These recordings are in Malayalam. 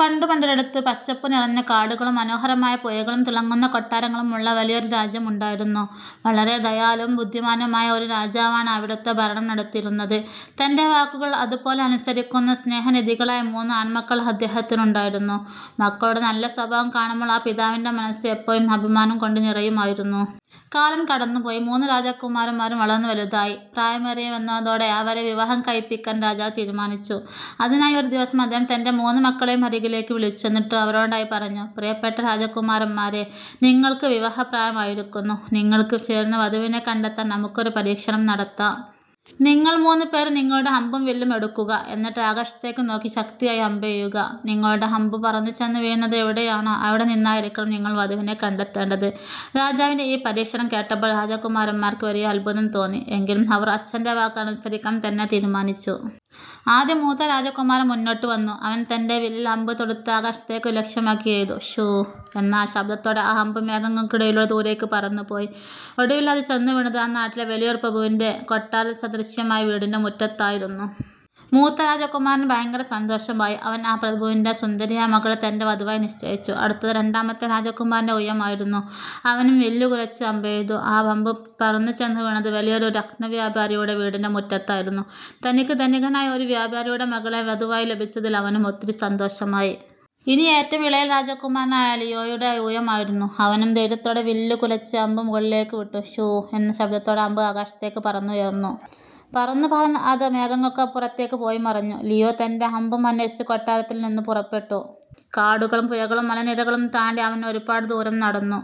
പണ്ടു പണ്ടൊരിടത്ത്, പച്ചപ്പുനിറഞ്ഞ കാടുകളും മനോഹരമായ പുഴകളും തിളങ്ങുന്ന കൊട്ടാരങ്ങളുമുള്ള വലിയൊരു രാജ്യമുണ്ടായിരുന്നു. വളരെ ദയാലുവും ബുദ്ധിമാനുമായ ഒരു രാജാവാണ് അവിടുത്തെ ഭരണം നടത്തിയിരുന്നത്. തന്റെ വാക്കുകൾ അതുപോലെ അനുസരിക്കുന്ന, സ്നേഹനിധികളായ മൂന്ന് ആൺമക്കൾ അദ്ദേഹത്തിനുണ്ടായിരുന്നു. മക്കളുടെ നല്ല സ്വഭാവം കാണുമ്പോൾ ആ പിതാവിന്റെ മനസ്സ് എപ്പോഴും അഭിമാനം കൊണ്ട് നിറയുമായിരുന്നു. കാലം കടന്നുപോയി, മൂന്ന് രാജകുമാരന്മാരും വളർന്നു വലുതായി. പ്രായമേറിവന്നതോടെ അവരെ വിവാഹം കഴിപ്പിക്കാൻ രാജാവ് തീരുമാനിച്ചു. അതിനായി ഒരു ദിവസം അദ്ദേഹം തന്റെ മൂന്ന് മക്കളെയും അരികിലേക്ക് വിളിച്ചു. എന്നിട്ട് അവരോടായി പറഞ്ഞു: "പ്രിയപ്പെട്ട രാജകുമാരന്മാരേ, നിങ്ങൾക്ക് വിവാഹപ്രായമായിരിക്കുന്നു. നിങ്ങൾക്ക് ചേരുന്ന വധുവിനെ കണ്ടെത്താൻ നമുക്കൊരു പരീക്ഷണം നടത്താം. നിങ്ങൾ മൂന്നുപേരും നിങ്ങളുടെ അമ്പും വില്ലും എടുക്കുക. എന്നിട്ട് ആകാശത്തേക്ക് നോക്കി ശക്തിയായി അമ്പെയ്യുക. നിങ്ങളുടെ അമ്പ് പറന്നു ചെന്ന് വീഴുന്നത് എവിടെയാണോ, അവിടെ നിന്നായിരിക്കണം നിങ്ങൾ വധുവിനെ കണ്ടെത്തേണ്ടത്! " രാജാവിന്റെ ഈ പരീക്ഷണം കേട്ടപ്പോൾ രാജകുമാരന്മാർക്ക് വലിയ അത്ഭുതം തോന്നി. എങ്കിലും അവർ അച്ഛന്റെ വാക്ക് അനുസരിക്കാൻ തന്നെ തീരുമാനിച്ചു. ആദ്യം മൂത്ത രാജകുമാരൻ മുന്നോട്ട് വന്നു. അവൻ തന്റെ വില്ലിൽ അമ്പ് തൊടുത്ത് ആകാശത്തേക്ക് ലക്ഷ്യമാക്കി എയ്തു! 'ശൂ… ' എന്ന ശബ്ദത്തോടെ ആ അമ്പ് മേഘങ്ങൾക്കിടയിലൂടെ ദൂരേക്ക് പറന്നുപോയി. ഒടുവിൽ അത് ചെന്ന് വീണത് ആ നാട്ടിലെ വലിയൊരു പ്രഭുവിന്റെ കൊട്ടാരസദൃശ്യമായ വീടിന്റെ മുറ്റത്തായിരുന്നു. മൂത്ത രാജകുമാരന് ഭയങ്കര സന്തോഷമായി. അവൻ ആ പ്രഭുവിന്റെ സുന്ദരിയായ മകളെ തന്റെ വധുവായി നിശ്ചയിച്ചു. അടുത്തത് രണ്ടാമത്തെ രാജകുമാരന്റെ ഊഴമായിരുന്നു. അവനും വില്ലുകുലച്ച് അമ്പെയ്തു. ആ അമ്പ് പറന്നുചെന്ന് വീണത് വലിയൊരു രത്നവ്യാപാരിയുടെ വീടിന്റെ മുറ്റത്തായിരുന്നു. തനിക്ക് ധനികനായ ഒരു വ്യാപാരിയുടെ മകളെ വധുവായി ലഭിച്ചതിൽ അവനും ഒത്തിരി സന്തോഷമായി. ഇനി ഏറ്റവും ഇളയ രാജകുമാരനായ ലിയോയുടെ ഊഴമായിരുന്നു. അവനും ധൈര്യത്തോടെ വില്ല് കുലച്ച് അമ്പ് മുകളിലേക്ക് വിട്ടു! 'ശൂ… ' എന്ന ശബ്ദത്തോടെ അമ്പ് ആകാശത്തേക്ക് പറന്നുയർന്നു. പറന്നു പറന്ന്… അത് മേഘങ്ങൾക്കപ്പുറത്തേക്ക് പോയിമറഞ്ഞു. ലിയോ തന്റെ അമ്പും അന്വേഷിച്ച് കൊട്ടാരത്തിൽ നിന്നും പുറപ്പെട്ടു. കാടുകളും പുഴകളും മലനിരകളും താണ്ടി അവൻ ഒരുപാട് ദൂരം നടന്നു.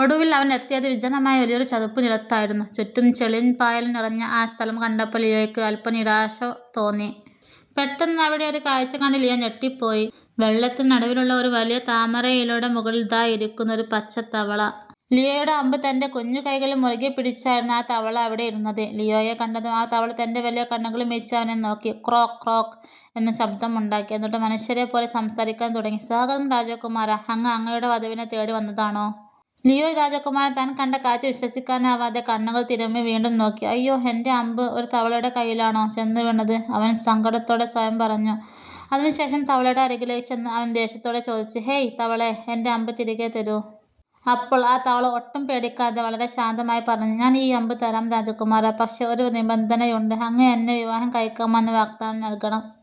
ഒടുവിൽ, അവൻ എത്തിയത് വിജനമായ വലിയൊരു ചതുപ്പുനിലത്തായിരുന്നു. ചുറ്റും ചെളിയും പായലും നിറഞ്ഞ ആ സ്ഥലം കണ്ടപ്പോൾ ലിയോയ്ക്ക് അല്പം നിരാശ തോന്നി. പെട്ടെന്ന്, അവിടെയൊരു കാഴ്ച കണ്ട് ലിയോ ഞെട്ടിപ്പോയി! വെള്ളത്തിന് നടുവിലുള്ള ഒരു വലിയ താമരയിലയുടെ മുകളിൽ ദാ ഇരിക്കുന്നു ഒരു പച്ചത്തവള! ലിയോയുടെ അമ്പ് തന്റെ കുഞ്ഞു കൈകളിൽ മുറുകെപ്പിടിച്ചായിരുന്നു ആ തവള അവിടെ ഇരുന്നത്! ലിയോയെ കണ്ടതും ആ തവള തന്റെ വലിയ കണ്ണുകൾ മിഴിച്ച്, അവനെ നോക്കി 'ക്രോക്ക്… ക്രോക്ക്… ' എന്ന് ശബ്ദമുണ്ടാക്കി. എന്നിട്ട് മനുഷ്യരെപ്പോലെ സംസാരിക്കാൻ തുടങ്ങി: "സ്വാഗതം രാജകുമാരാ! അങ്ങ് അങ്ങയുടെ വധുവിനെ തേടി വന്നതാണോ? " ലിയോ രാജകുമാരൻ താൻ കണ്ട കാഴ്ച വിശ്വസിക്കാനാവാതെ കണ്ണുകൾ തിരുമ്മി വീണ്ടും നോക്കി! "അയ്യോ! എന്റെ അമ്പ് ഒരു തവളയുടെ കൈയിലാണോ ചെന്ന് വീണത്? " അവൻ സങ്കടത്തോടെ സ്വയം പറഞ്ഞു. അതിനുശേഷം തവളയുടെ അരികിലേക്ക് ചെന്ന് അവൻ ദേഷ്യത്തോടെ ചോദിച്ചു: "ഹേയ് തവളേ, എന്റെ അമ്പ് തിരികെ തരൂ. " അപ്പോൾ ആ തവള ഒട്ടും പേടിക്കാതെ, വളരെ ശാന്തമായി പറഞ്ഞു: "ഞാൻ ഈ അമ്പ് തരാം രാജകുമാരാ, പക്ഷേ, ഒരു നിബന്ധനയുണ്ട്. അങ്ങ് എന്നെ വിവാഹം കഴിക്കാമെന്ന് വാഗ്ദാനം നൽകണം! "